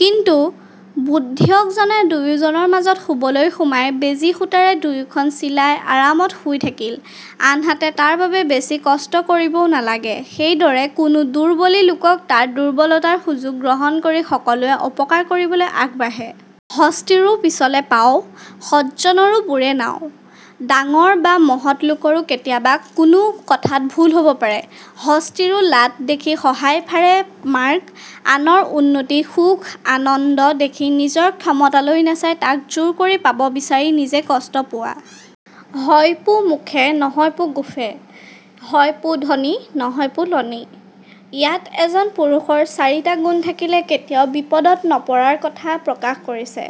কিন্তু বুদ্ধিয়কজনে দুয়োজনৰ মাজত শুবলৈ সোমাই বেজি-সূঁতাৰে দুয়োখন চিলাই আৰামত শুই থাকিল। আনহাতে তাৰ বাবে বেছি কষ্ট কৰিবও নালাগে। সেই দৰে কোনো দুৰ্বলি লোকক তাৰ দুৰ্বলতাৰ সুযোগ গ্ৰহণ কৰি সকলোৱে অপকাৰ কৰিবলৈ আগবাঢ়ে। হস্তিৰো পিছলে পাৱ, সজ্জনৰো বুৰে নাৱ: ডাঙৰ বা মহৎ লোকৰো কেতিয়াবা কোনো কথাত ভুল হ'ব পাৰে। হস্তিৰো লাড দেখি শহাই ফাৰে মাৰ্গ: আনৰ উন্নতি, সুখ, আনন্দ দেখি নিজৰ সক্ষমতালৈ নাচাই তাক জোৰ কৰি পাব বিচাৰি নিজে কষ্ট পোৱা। হয় পো মুখে, নহয় পো গুফে, হয় পো ধনী, নহয় পো লনি: ইয়াত এজন পুৰুষৰ চাৰিটা গুণ থাকিলে কেতিয়াও বিপদত নপৰাৰ কথা প্ৰকাশ কৰিছে।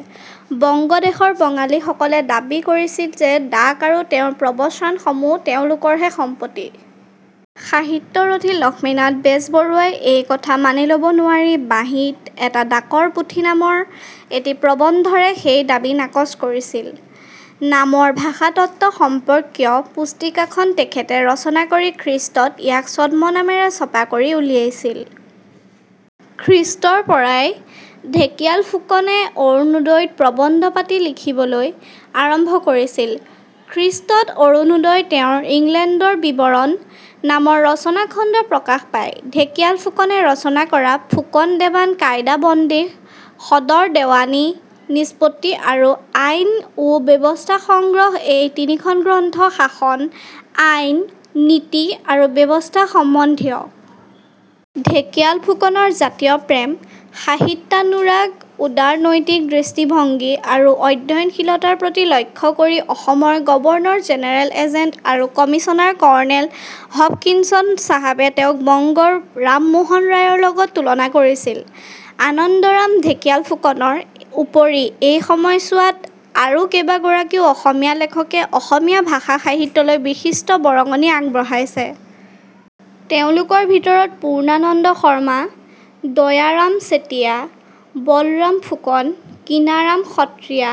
বংগদেশৰ বাঙালীসকলে দাবী কৰিছিল যে ডাক আৰু তেওঁৰ প্ৰবচন সমূহ তেওঁলোকৰহে সম্পত্তি। সাহিত্যৰথী লক্ষ্মীনাথ বেজবৰুৱা ই এই কথা মানি ল'ব নোৱাৰি "বাঁহী"ত এটা "ডাকৰ পুথি" নামৰ এটি প্ৰবন্ধৰে সেই দাবী নাকচ কৰিছিল।। নামৰ ভাষাতত্ত্ব সম্পৰ্কীয় পুস্তিকাখন তেখেতে ৰচনা কৰি খ্ৰীঃত ইয়াক ছদ্মনামেৰে ছপা কৰি উলিয়াইছিল। খ্ৰীঃৰ পৰাই ঢেকিয়াল ফুকনে অৰুনোদইত প্ৰবন্ধ পাতি লিখিবলৈ আৰম্ভ কৰিছিল। খ্ৰীঃত অৰুনোদইত তেওঁৰ "ইংলেণ্ডৰ বিৱৰণ" নামৰ ৰচনাখণ্ড প্ৰকাশ পায়। ঢেকিয়াল ফুকনে ৰচনা কৰা ফুকন দেৱান কায়দা বন্দী, সদৰ দেৱানী নিষ্পত্তি আৰু আইন ও ব্যৱস্থা সংগ্ৰহ এই তিনিখন গ্ৰন্থ শাসন, আইন, নীতি আৰু ব্যৱস্থা সম্বন্ধীয়। ঢেকিয়াল ফুকনৰ জাতীয় প্ৰেম, সাহিত্যানুৰাগ, উদাৰনৈতিক দৃষ্টিভংগী আৰু অধ্যয়নশীলতাৰ প্ৰতি লক্ষ্য কৰি অসমৰ গৱৰ্ণৰ জেনেৰেল এজেণ্ট আৰু কমিচনাৰ কৰ্ণেল হপকিনচন চাহাবে তেওঁক বংগৰ ৰামমোহন ৰায়ৰ লগত তুলনা কৰিছিল। আনন্দৰাম ঢেকিয়াল ফুকনৰ উপৰি এই সময়ছোৱাত আৰু কেইবাগৰাকীও অসমীয়া লেখকে অসমীয়া ভাষা-সাহিত্যলৈ বিশিষ্ট বৰঙণি আগবঢাইছে। তেওঁলোকৰ ভিতৰত পূৰ্ণানন্দ শৰ্মা, দয়াৰাম চেতিয়া, বলৰাম ফুকন, কিনাৰাম সত্ৰিয়া,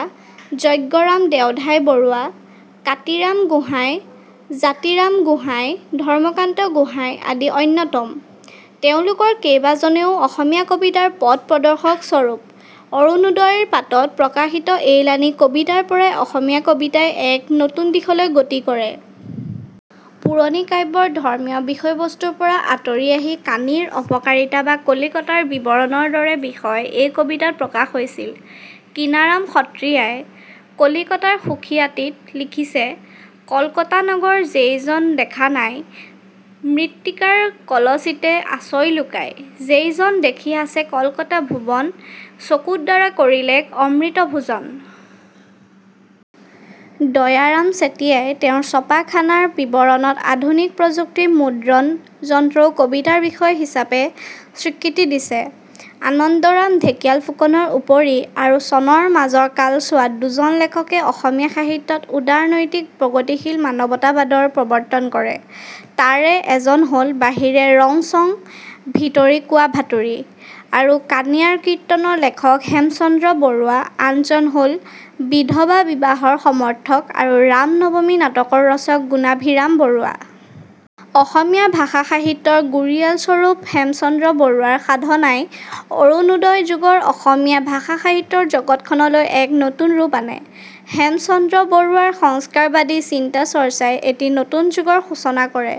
যজ্ঞৰাম দেওধাই বৰুৱা, কাতিৰাম গোঁহাই, জাতিৰাম গোহাঁই, ধৰ্মকান্ত গোহাঁই আদি অন্যতম। তেওঁলোকৰ কেইবাজনেও অসমীয়া কবিতাৰ প্ৰথ প্ৰদৰ্শক স্বৰূপ। অৰুনোদইৰ পাতত প্ৰকাশিত এইলানি কাবিতাৰ পৰাই অসমীয়া কবিতাই এক নতুন দিশলৈ গতি কৰে। পুৰণি কাব্যৰ ধৰ্মীয় বিষয়বস্তুৰ পৰা আঁতৰি আহি কানিৰ অপকাৰিতা বা কলিকতাৰ বিৱৰণৰ দৰে বিষয় এই কবিতাত প্ৰকাশ হৈছিল। কিনাৰাম সত্ৰিয়াই ' কলিকতাৰ সুখিয়াতি 'ত লিখিছে- কল্কতা নগৰ জেইজন দেখা নাই ম্ৰিতিকাৰ কলচিতে আচই লুকাই; জেইজন দেখি আচে কল্কতা ভুৱন চকুদ্বাৰা কৰিলেক অম্ৰিত ভোজন। দয়াৰাম চেতিয়াই তেওঁৰ 'চপাখানাৰ বিৱৰণ'ত আধুনিক প্ৰযুক্তিৰ মুদ্ৰণ যন্ত্ৰও কবিতাৰ বিষয় হিচাপে স্বীকৃতি দিছে। আনন্দৰাম ঢেকিয়াল ফুকনৰ উপৰি আৰু চনৰ মাজৰ কালছোৱাত দুজন লেখকে অসমীয়া সাহিত্যত উদাৰনৈতিক প্ৰগতিশীল মানৱতাবাদৰ প্ৰৱৰ্তন কৰে। তাৰে এজন হ'ল বাহিৰে ৰং চং, ভিতৰি কোৱাভাতুৰি আৰু কানীয়াৰ কীৰ্তন ৰ লেখক হেমচন্দ্ৰ বৰুৱা আনজন হ'ল বিধৱা বিবাহৰ সমৰ্থক আৰু ৰাম-নৱমী নাটকৰ ৰচক গুণাভিৰাম বৰুৱা। অসমীয়া ভাষা-সাহিত্যৰ গুৰিয়ালস্বৰূপ হেমচন্দ্ৰ বৰুৱাৰ সাধনাই অৰুণোদয় যুগৰ অসমীয়া ভাষা-সাহিত্যৰ জগতখনলৈ এক নতুন ৰূপ আনে। হেমচন্দ্ৰ বৰুৱাৰ সংস্কাৰবাদী চিন্তা-চৰ্চাই এটি নতুন যুগৰ সূচনা কৰে।